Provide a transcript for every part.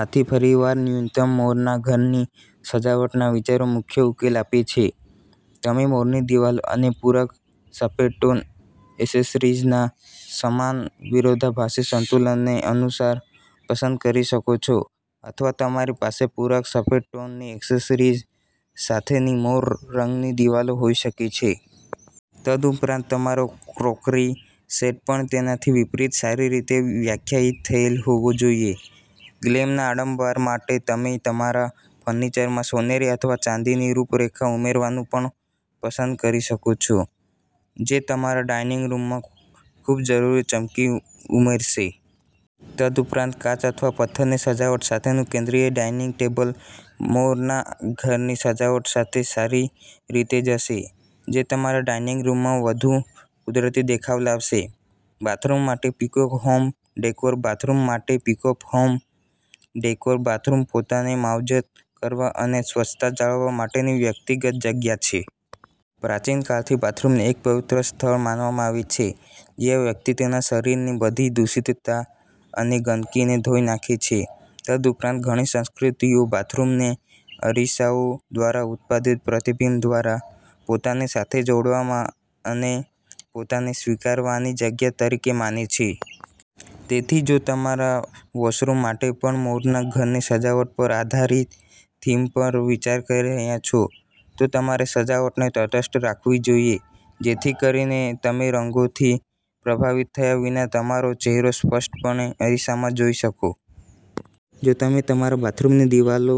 આથી, ફરીવાર, ન્યૂનતમ મોરના ઘરની સજાવટના વિચારો મુખ્ય ઉકેલ આપે છે. તમે મોરની દિવાલો અને પૂરક સફેદ ટોન એસેસરીઝના સમાન વિરોધાભાસી સંતુલનને અનુસાર પસંદ કરી શકો છો અથવા તમારી પાસે પૂરક સફેદ ટોનની એક્સેસરીઝ સાથેની મોર રંગની દિવાલો હોઈ શકે છે. તદુપરાંત, તમારો ક્રોકરી સેટ પણ તેનાથી વિપરીત સારી રીતે વ્યાખ્યાયિત થયેલ હોવો જોઈએ. ગ્લેમના આડંબર માટે, તમે તમારા ફર્નિચરમાં સોનેરી અથવા ચાંદીની રૂપરેખા ઉમેરવાનું પણ પસંદ કરી શકો છો જે તમારા ડાઇનિંગ રૂમમાં ખૂબજરૂરી ચમકી ઉમેરશે. તદુપરાંત, કાચ અથવા પથ્થરની સજાવટ સાથેનું કેન્દ્રિય ડાઇનિંગ ટેબલ મોરના ઘરની સજાવટ સાથે સારી રીતે જશે, જે તમારા ડાઇનિંગ રૂમમાં વધુ કુદરતી દેખાવ લાવશે. બાથરૂમ માટે પીકોક હોમ ડેકોર બાથરૂમ માટે પીકોક હોમ ડેકોર બાથરૂમ પોતાને માવજત કરવા અને સ્વચ્છતા જાળવવા માટેની વ્યક્તિગત જગ્યા છે. પ્રાચીન કાળથી, બાથરૂમને એક પવિત્ર સ્થળ માનવામાં આવે છે જ્યાં વ્યક્તિ તેના શરીરની બધી દૂષિતતા અને ગંદકીને ધોઈ નાખે છે. તદુપરાંત, ઘણી સંસ્કૃતિઓ બાથરૂમને અરીસાઓ દ્વારા ઉત્પાદિત પ્રતિબિંબ દ્વારા પોતાની સાથે જોડાવામા અને પોતાને સ્વીકારવાની જગ્યા તરીકે માને છે. તેથી, જો તમે તમારા વૉશરૂમ માટે પણ મોરનાં ઘરની સજાવટ પર આધારિત થીમ પર વિચાર કરી રહ્યાં છો, તો તમારે સજાવટને તટસ્થ રાખવી જોઈએ જેથી કરીને તમે રંગોથી પ્રભાવિત થયા વિના તમારો ચહેરો સ્પષ્ટપણે અરીસામાં જોઈ શકો. જો તમે તમારા બાથરૂમની દિવાલો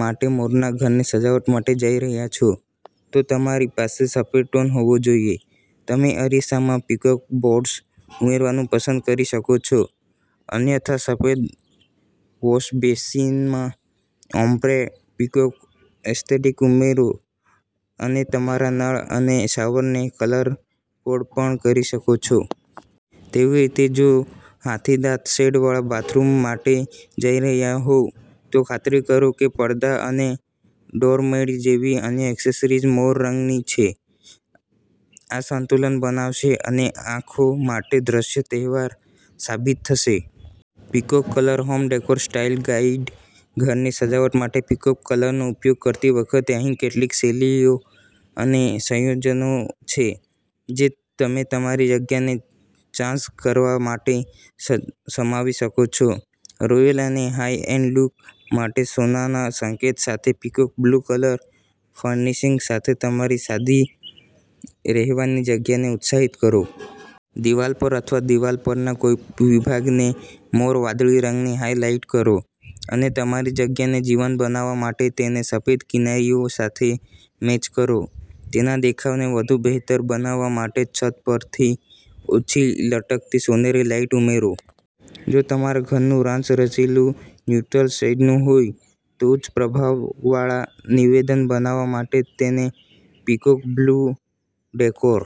માટે મોરનાં ઘરની સજાવટ માટે જઈ રહ્યાં છો, તો તમારી પાસે સફેદ ટોન હોવો જોઈએ. તમે અરીસામાં પીકોક બોર્ડસ્ ઉમેરવાનું પસંદ કરી શકો છો, અન્યથા સફેદ વૉશબેસિનમાં ઓમ્બ્રે પીકોક એસ્થેટિક ઉમેરો અને તમારા નળ અને શાવરને કલર-કોડ પણ કરી શકો છો. તેવીરીતે જો, હાથીદાંત શેડવાળા બાથરૂમ માટે જઈ રહ્યાં હોવ, તો ખાતરી કરો કે પડદા અને ડોરમેડ જેવી અન્ય એક્સેસરીઝ મોર રંગની છે. આ સંતુલન બનાવશે અને આંખો માટે દ્રશ્ય તહેવાર સાબિત થશે. Peacock colour home decor style guide ઘરની સજાવટ માટે પીકોક કલરનો ઉપયોગ કરતી વખતે, અહીં કેટલીક શૈલીઓ અને સંયોજનો છે જે તમે તમારી જગ્યાને ચાંસ કરવા માટે સમાવી શકો છો. રોયલ અને હાઇ-એન્ડ લુક માટે સોનાના સંકેત સાથે પીકોક બ્લુ કલર ફર્નિશિંગ સાથે તમારી સાદી રહેવાની જગ્યાને ઉત્સાહિત કરો. દિવાલ પર અથવા દિવાલ પરના કોઈ વિભાગને મોર વાદળી રંગની હાઇલાઇટ કરો અને તમારી જગ્યાને જીવંત બનાવવા માટે તેને સફેદ કિનારીઓ સાથે મેચ કરો. તેના દેખાવને વધુ બહેતર બનાવવા માટે છત પરથી ઓછી લટકતી સોનેરી લાઇટો ઉમેરો. જો તમારા ઘરનું રાંચરચીલું ન્યુટ્રલ શેડ્સનું હોય, તો ઉચ્ચ પ્રભાવવાળા નિવેદન બનાવવા માટે તેને પીકોક બ્લુ ડેકોર